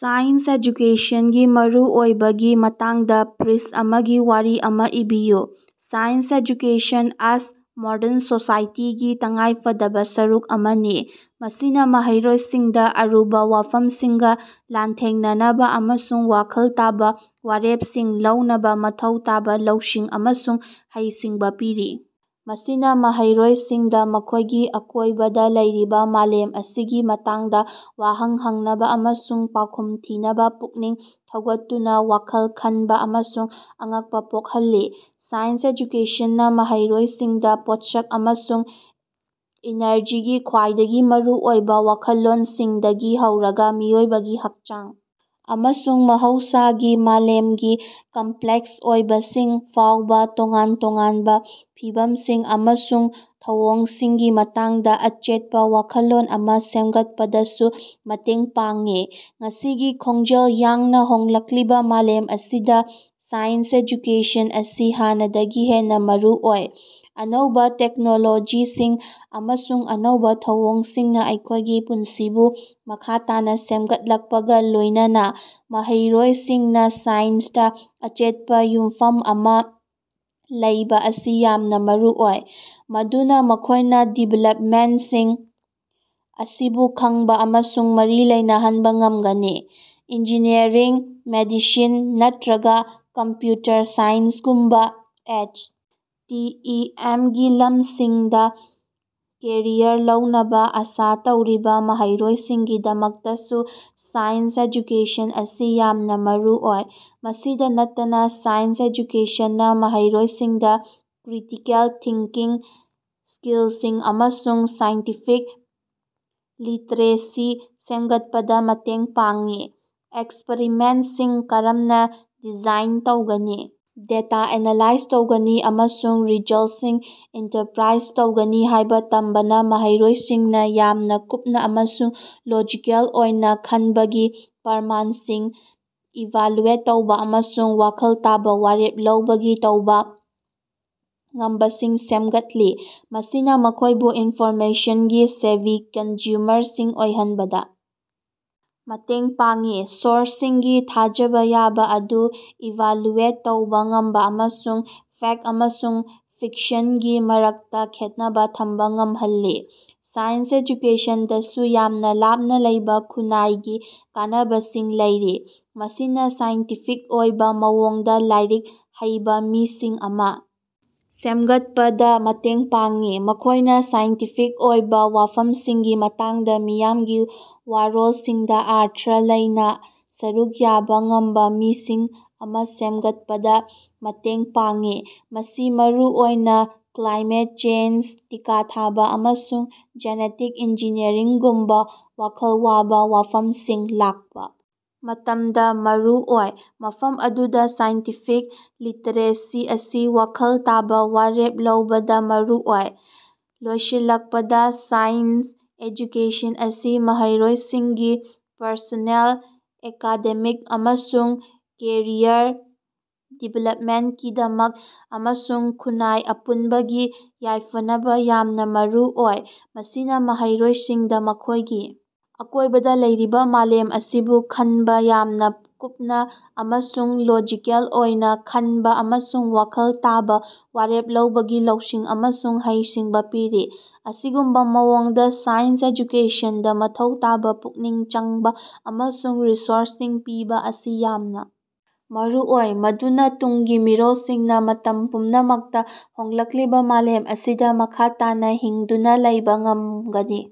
Science ꯑꯦꯖꯨꯀꯦꯁꯟꯒꯤ ꯃꯔꯨꯑꯣꯏꯕꯒꯤ ꯃꯇꯥꯡꯗꯥ ꯄ꯭ꯔ꯭ꯏꯁ ꯑꯃꯒꯤ ꯋꯥꯔꯤ ꯑꯃꯥ ꯏꯕꯤꯌꯨ꯫ ꯁꯥꯏꯟꯁ ꯑꯦꯖꯨꯀꯦꯁꯟ ꯑꯁ ꯃꯣꯗꯔꯟ ꯁꯣꯁꯥꯏꯇꯤꯒꯤ ꯇꯉꯥꯏꯐꯗꯕꯥ ꯁꯔꯨꯛ ꯑꯃꯅꯤ, ꯃꯁꯤꯅꯥ ꯃꯍꯩꯔꯣꯏꯁꯤꯡꯗꯥ ꯑꯔꯨꯕꯥ ꯋꯥꯐꯝꯁꯤꯡꯒꯥ ꯂꯥꯟꯊꯦꯡꯅꯅꯕꯥ ꯑꯃꯁꯨꯡ ꯋꯥꯈꯜ ꯇꯥꯕꯥ ꯋꯥꯔꯦꯞꯁꯤꯡ ꯂꯧꯅꯕꯥ ꯃꯊꯧ ꯇꯥꯕꯥ ꯂꯧꯁꯤꯡ ꯑꯃꯁꯨꯡ ꯍꯩꯁꯤꯡꯕꯥ ꯄꯤꯔꯤ꯫ ꯃꯁꯤꯅꯥ ꯃꯍꯩꯔꯣꯏꯁꯤꯡꯗꯥ ꯃꯈꯣꯢꯒꯤ ꯑꯀꯣꯢꯕꯗꯥ ꯂꯩꯔꯤꯕꯥ ꯃꯥꯂꯦꯝ ꯑꯁꯤꯒꯤ ꯃꯇꯥꯡꯗꯥ ꯋꯥꯍꯪ ꯍꯪꯅꯕꯥ ꯑꯃꯁꯨꯡ ꯄꯥꯎꯈꯨꯝ ꯊꯤꯅꯕꯥ ꯄꯨꯛꯅꯤꯡ ꯊꯧꯒꯠꯇꯨꯅꯥ ꯋꯥꯈꯜ ꯈꯟꯕꯥ ꯑꯃꯁꯨꯡ ꯑꯉꯛꯄꯥ ꯄꯣꯛꯍꯜꯂꯤ꯫ ꯁꯥꯏꯟꯁ ꯑꯦꯖꯨꯀꯦꯁꯟꯅꯥ ꯃꯍꯩꯔꯣꯏꯁꯤꯡꯗꯥ ꯄꯣꯠꯁꯛ ꯑꯃꯁꯨꯡ ꯏꯅꯔꯖꯤꯒꯤ ꯈ꯭ꯋꯥꯏꯗꯒꯤ ꯃꯔꯨ ꯑꯣꯏꯕꯥ ꯋꯥꯈꯜꯂꯣꯟꯁꯤꯡꯗꯒꯤ ꯍꯧꯔꯒꯥ ꯃꯤꯑꯣꯏꯕꯒꯤ ꯍꯛꯆꯥꯡ ꯑꯃꯁꯨꯡ ꯃꯍꯧꯁꯥꯒꯤ ꯃꯥꯂꯦꯝꯒꯤ ꯀꯝꯄ꯭ꯂꯦꯛꯁ ꯑꯣꯏꯕꯁꯤꯡ ꯐꯥꯎꯕꯥ ꯇꯣꯉꯥꯟ ꯇꯣꯉꯥꯟꯕꯥ ꯐꯤꯚꯝꯁꯤꯡ ꯑꯃꯁꯨꯡ ꯊꯧꯑꯣꯡꯁꯤꯡꯒꯤ ꯃꯇꯥꯡꯗꯥ ꯑꯆꯦꯠꯄꯥ ꯋꯥꯈꯜꯂꯣꯟ ꯑꯃꯥ ꯁꯦꯝꯒꯠꯄꯗꯁꯨ ꯃꯇꯦꯡ ꯄꯥꯡꯏ꯫ ꯉꯁꯤꯒꯤ ꯈꯣꯟꯖꯦꯜ ꯌꯥꯡꯅꯥ ꯍꯣꯡꯂꯛꯂꯤꯕꯥ ꯃꯥꯂꯦꯝ ꯑꯁꯤꯗꯥ ꯁꯥꯏꯟꯁ ꯑꯦꯖꯨꯀꯦꯁꯟ ꯑꯁꯤ ꯍꯥꯟꯅꯗꯒꯤ ꯍꯦꯟꯅꯥ ꯃꯔꯨꯑꯣꯏ꯫ ꯑꯅꯧꯕꯥ ꯇꯦꯛꯅꯣꯂꯣꯖꯤꯁꯤꯡ ꯑꯃꯁꯨꯡ ꯑꯅꯧꯕꯥ ꯊꯧꯑꯣꯡꯁꯤꯡꯅꯥ ꯑꯩꯈꯣꯢꯒꯤ ꯄꯨꯟꯁꯤꯕꯨ ꯃꯈꯥ ꯇꯥꯅꯥ ꯁꯦꯃꯒꯠꯂꯛꯄꯒꯥ ꯂꯣꯢꯅꯅꯥ ꯃꯍꯩꯔꯣꯏꯁꯤꯡꯅꯥ ꯁꯥꯏꯟꯁꯇꯥ ꯑꯆꯦꯠꯄꯥ ꯌꯨꯝꯐꯝ ꯑꯃꯥ ꯂꯩꯕꯥ ꯑꯁꯤ ꯌꯥꯝꯅꯥ ꯃꯔꯨ ꯑꯣꯏ, ꯃꯗꯨꯅꯥ ꯃꯈꯣꯢꯅꯥ ꯗꯤꯕꯦꯂꯞꯃꯦꯟꯇꯁꯤꯡ ꯑꯁꯤꯕꯨ ꯈꯪꯕꯥ ꯑꯃꯁꯨꯡ ꯃꯔꯤ ꯂꯩꯅꯍꯟꯕꯥ ꯉꯃꯒꯅꯤ꯫ ꯏꯟꯖꯤꯅꯤꯌꯔꯤꯡ, ꯃꯦꯗꯤꯁꯤꯟ, ꯅꯠꯇ꯭ꯔꯒꯥ ꯀꯝꯄ꯭ꯌꯨꯇꯔ ꯁꯥꯏꯟꯁꯒꯨꯝꯕꯥ ꯑꯦꯁ. ꯇꯤ. ꯏ. ꯑꯦꯝ. ꯒꯤ ꯂꯝꯁꯤꯡꯗꯥ ꯀꯦꯔꯤꯌꯔ ꯂꯧꯅꯕꯥ ꯑꯥꯁꯥ ꯇꯧꯔꯤꯕꯥ ꯃꯍꯩꯔꯣꯏꯁꯤꯡꯒꯤꯗꯃꯛꯇꯁꯨ ꯁꯥꯏꯟꯁ ꯑꯦꯖꯨꯀꯦꯁꯟ ꯑꯁꯤ ꯌꯥꯝꯅꯥ ꯃꯔꯨꯑꯣꯏ꯫ ꯃꯁꯤꯗꯥ ꯅꯠꯇꯅꯥ ꯁꯥꯏꯟꯁ ꯑꯦꯖꯨꯀꯦꯁꯟꯅꯥ ꯃꯍꯩꯔꯣꯏꯁꯤꯡꯗꯥ ꯀ꯭ꯔꯤꯇꯤꯀꯦꯜ ꯊꯤꯡꯀꯤꯡ ꯁ꯭ꯀꯤꯜꯁꯤꯡ ꯑꯃꯁꯨꯡ ꯁꯥꯏꯟꯇꯤꯐꯤꯛ ꯂꯤꯇ꯭ꯔꯦꯁꯤ ꯁꯦꯝꯒꯠꯄꯗꯥ ꯃꯇꯦꯡ ꯄꯥꯡꯏ꯫ ꯑꯦꯛꯁꯄꯔꯤꯃꯦꯟꯇꯁꯤꯡ ꯀꯔꯝꯅꯥ ꯗꯤꯖꯥꯏꯟ ꯇꯧꯒꯅꯤ, ꯗꯦꯇꯥ ꯑꯦꯅꯥꯂꯥꯏꯖ ꯇꯧꯒꯅꯤ ꯑꯃꯁꯨꯡ ꯔꯤꯖꯜꯁꯤꯡ ꯏꯟꯇꯔꯄ꯭ꯔꯥꯏꯖ ꯇꯧꯒꯅꯤ ꯍꯥꯢꯕꯥ ꯇꯝꯕꯅꯥ ꯃꯍꯩꯔꯣꯏꯁꯤꯡꯅꯥ ꯌꯥꯝꯅꯥ ꯀꯨꯞꯅꯥ ꯑꯃꯁꯨꯡ ꯂꯣꯖꯤꯀꯦꯜ ꯑꯣꯏꯅꯥ ꯈꯟꯕꯒꯤ, ꯄ꯭ꯔꯃꯥꯟꯁꯤꯡ ꯏꯚꯥꯂꯨꯑꯦꯠ ꯇꯧꯕꯥ ꯑꯃꯁꯨꯡ ꯋꯥꯈꯜ ꯇꯥꯕꯥ ꯋꯥꯔꯦꯞ ꯂꯧꯕꯒꯤ ꯇꯧꯕꯥ ꯉꯝꯕꯁꯤꯡ ꯁꯦꯃꯒꯠꯂꯤ꯫ ꯃꯁꯤꯅꯥ ꯃꯈꯣꯢꯕꯨ ꯏꯟꯐꯣꯔꯃꯦꯁꯟꯒꯤ ꯁꯦꯚꯤ ꯀꯟꯖꯨꯃꯔꯁꯤꯡ ꯑꯣꯏꯍꯅꯕꯗꯥ ꯃꯇꯦꯡ ꯄꯥꯡꯏ, ꯁꯣꯔꯁꯁꯤꯡꯒꯤ ꯊꯥꯖꯕꯥ ꯌꯥꯕꯥ ꯑꯗꯨ ꯏꯚꯥꯜꯌꯨꯑꯦꯠ ꯇꯧꯕꯥ ꯉꯝꯕꯥ ꯑꯃꯁꯨꯡ ꯐꯦꯛꯇ ꯑꯃꯁꯨꯡ ꯐꯤꯛꯁꯟꯒꯤ ꯃꯔꯛꯇꯥ ꯈꯦꯠꯅꯕꯥ ꯊꯝꯕꯥ ꯉꯝꯍꯜꯂꯤ꯫ ꯁꯥꯏꯟꯁ ꯑꯦꯖꯨꯀꯦꯁꯟꯗꯁꯨ ꯌꯥꯝꯅꯥ ꯂꯥꯞꯅꯥ ꯂꯩꯕꯥ ꯈꯨꯟꯅꯥꯏꯒꯤ ꯀꯥꯟꯅꯕꯁꯤꯡ ꯂꯩꯔꯤ꯫ ꯃꯁꯤꯅꯥ ꯁꯥꯏꯟꯇꯤꯐꯤꯛ ꯑꯣꯏꯕꯥ ꯃꯑꯣꯡꯗꯥ ꯂꯥꯏꯔꯤꯛ ꯍꯩꯕꯥ ꯃꯤꯁꯤꯡ ꯑꯃꯥ ꯁꯦꯝꯒꯠꯄꯗꯥ ꯃꯇꯦꯡ ꯄꯥꯡꯏ꯫ ꯃꯈꯣꯢꯅꯥ ꯁꯥꯏꯟꯇꯤꯐꯤꯛ ꯑꯣꯏꯕꯥ ꯋꯥꯐꯝꯁꯤꯡꯒꯤ ꯃꯇꯥꯡꯗꯥ ꯃꯤꯌꯥꯝꯒꯤ ꯋꯥꯔꯣꯜꯁꯤꯡꯗꯥ ꯑꯔꯊ ꯂꯩꯅꯥ ꯁꯔꯨꯛ ꯌꯥꯕꯥ ꯉꯝꯕꯥ ꯃꯤꯁꯤꯡ ꯑꯃꯥ ꯁꯦꯝꯒꯠꯄꯗꯥ ꯃꯇꯦꯡ ꯄꯥꯡꯏ꯫ ꯃꯁꯤ ꯃꯔꯨꯑꯣꯏꯅꯥ ꯀ꯭ꯂꯥꯏꯃꯦꯠ ꯆꯦꯟꯖ, ꯇꯤꯀꯥ ꯊꯥꯕꯥ, ꯑꯃꯁꯨꯡ ꯖꯦꯅꯦꯇꯤꯛ ꯏꯟꯖꯤꯅꯤꯌꯔꯤꯡꯒꯨꯝꯕꯥ ꯋꯥꯈꯜ ꯋꯥꯕꯥ ꯋꯥꯐꯝꯁꯤꯡ ꯂꯥꯛꯄꯥ ꯃꯇꯝꯗꯥ ꯃꯔꯨ ꯑꯣꯏ, ꯃꯐꯝ ꯑꯗꯨꯗꯥ ꯁꯥꯏꯟꯇꯤꯐꯤꯛ ꯂꯤꯇ꯭ꯔꯦꯁꯤ ꯑꯁꯤ ꯋꯥꯈꯜ ꯇꯥꯕꯥ ꯋꯥꯔꯦꯞ ꯂꯧꯕꯗꯥ ꯃꯔꯨ ꯑꯣꯏ꯫ ꯂꯣꯏꯁꯤꯜꯂꯛꯄꯗꯥ, ꯁꯥꯏꯟꯁ ꯑꯦꯖꯨꯀꯦꯁꯟ ꯑꯁꯤ ꯃꯍꯩꯔꯣꯏꯁꯤꯡꯒꯤ ꯄꯔꯁꯣꯅꯦꯜ, ꯑꯦꯀꯥꯗꯦꯃꯤꯛ ꯑꯃꯁꯨꯡ ꯀꯦꯔꯤꯌꯔ ꯗꯤꯕꯦꯂꯄꯃꯦꯟꯇꯀꯤꯗꯃꯛ ꯑꯃꯁꯨꯡ ꯈꯨꯟꯅꯥꯏ ꯑꯄꯨꯟꯕꯒꯤ ꯌꯥꯏꯐꯅꯕꯥ ꯌꯥꯝꯅꯥ ꯃꯔꯨꯑꯣꯏ꯫ ꯃꯁꯤꯅꯥ ꯃꯍꯩꯔꯣꯏꯁꯤꯡꯗꯥ ꯃꯈꯣꯢꯒꯤ ꯑꯀꯣꯢꯕꯗꯥ ꯂꯩꯔꯤꯕꯥ ꯃꯥꯂꯦꯝ ꯑꯁꯤꯕꯨ ꯈꯪꯅꯕꯥ ꯌꯥꯝꯅꯥ ꯀꯨꯞꯅꯥ ꯑꯃꯁꯨꯡ ꯂꯣꯖꯤꯀꯦꯜ ꯑꯣꯏꯅꯥ ꯈꯟꯕꯥ ꯑꯃꯁꯨꯡ ꯋꯥꯈꯜ ꯇꯥꯕꯥ ꯋꯥꯔꯦꯞ ꯂꯧꯕꯒꯤ ꯂꯧꯁꯤꯡ ꯑꯃꯁꯨꯡ ꯍꯩꯁꯤꯡꯕꯥ ꯄꯤꯔꯤ꯫ ꯑꯁꯤꯒꯨꯝꯕꯥ ꯃꯑꯣꯡꯗꯥ ꯁꯥꯏꯟꯁ ꯑꯦꯖꯨꯀꯦꯁꯟꯗꯥ ꯃꯊꯧ ꯇꯥꯕꯥ ꯄꯨꯛꯅꯤꯡ ꯆꯪꯕꯥ ꯑꯃꯁꯨꯡ ꯔꯤꯁꯣꯔꯁꯁꯤꯡ ꯄꯤꯕꯥ ꯑꯁꯤ ꯌꯥꯝꯅꯥ ꯃꯔꯨꯑꯣꯏ ꯃꯗꯨꯅꯥ ꯇꯨꯡꯒꯤ ꯃꯤꯔꯣꯜꯁꯤꯡꯅꯥ ꯃꯇꯝ ꯄꯨꯝꯅꯃꯛꯇꯥ ꯍꯣꯡꯂꯛꯂꯤꯕꯥ ꯃꯥꯂꯦꯝ ꯑꯁꯤꯗꯥ ꯃꯈꯥ ꯇꯥꯅꯥ ꯍꯤꯡꯗꯨꯅꯥ ꯂꯩꯕꯥ ꯉꯝꯒꯅꯤ꯫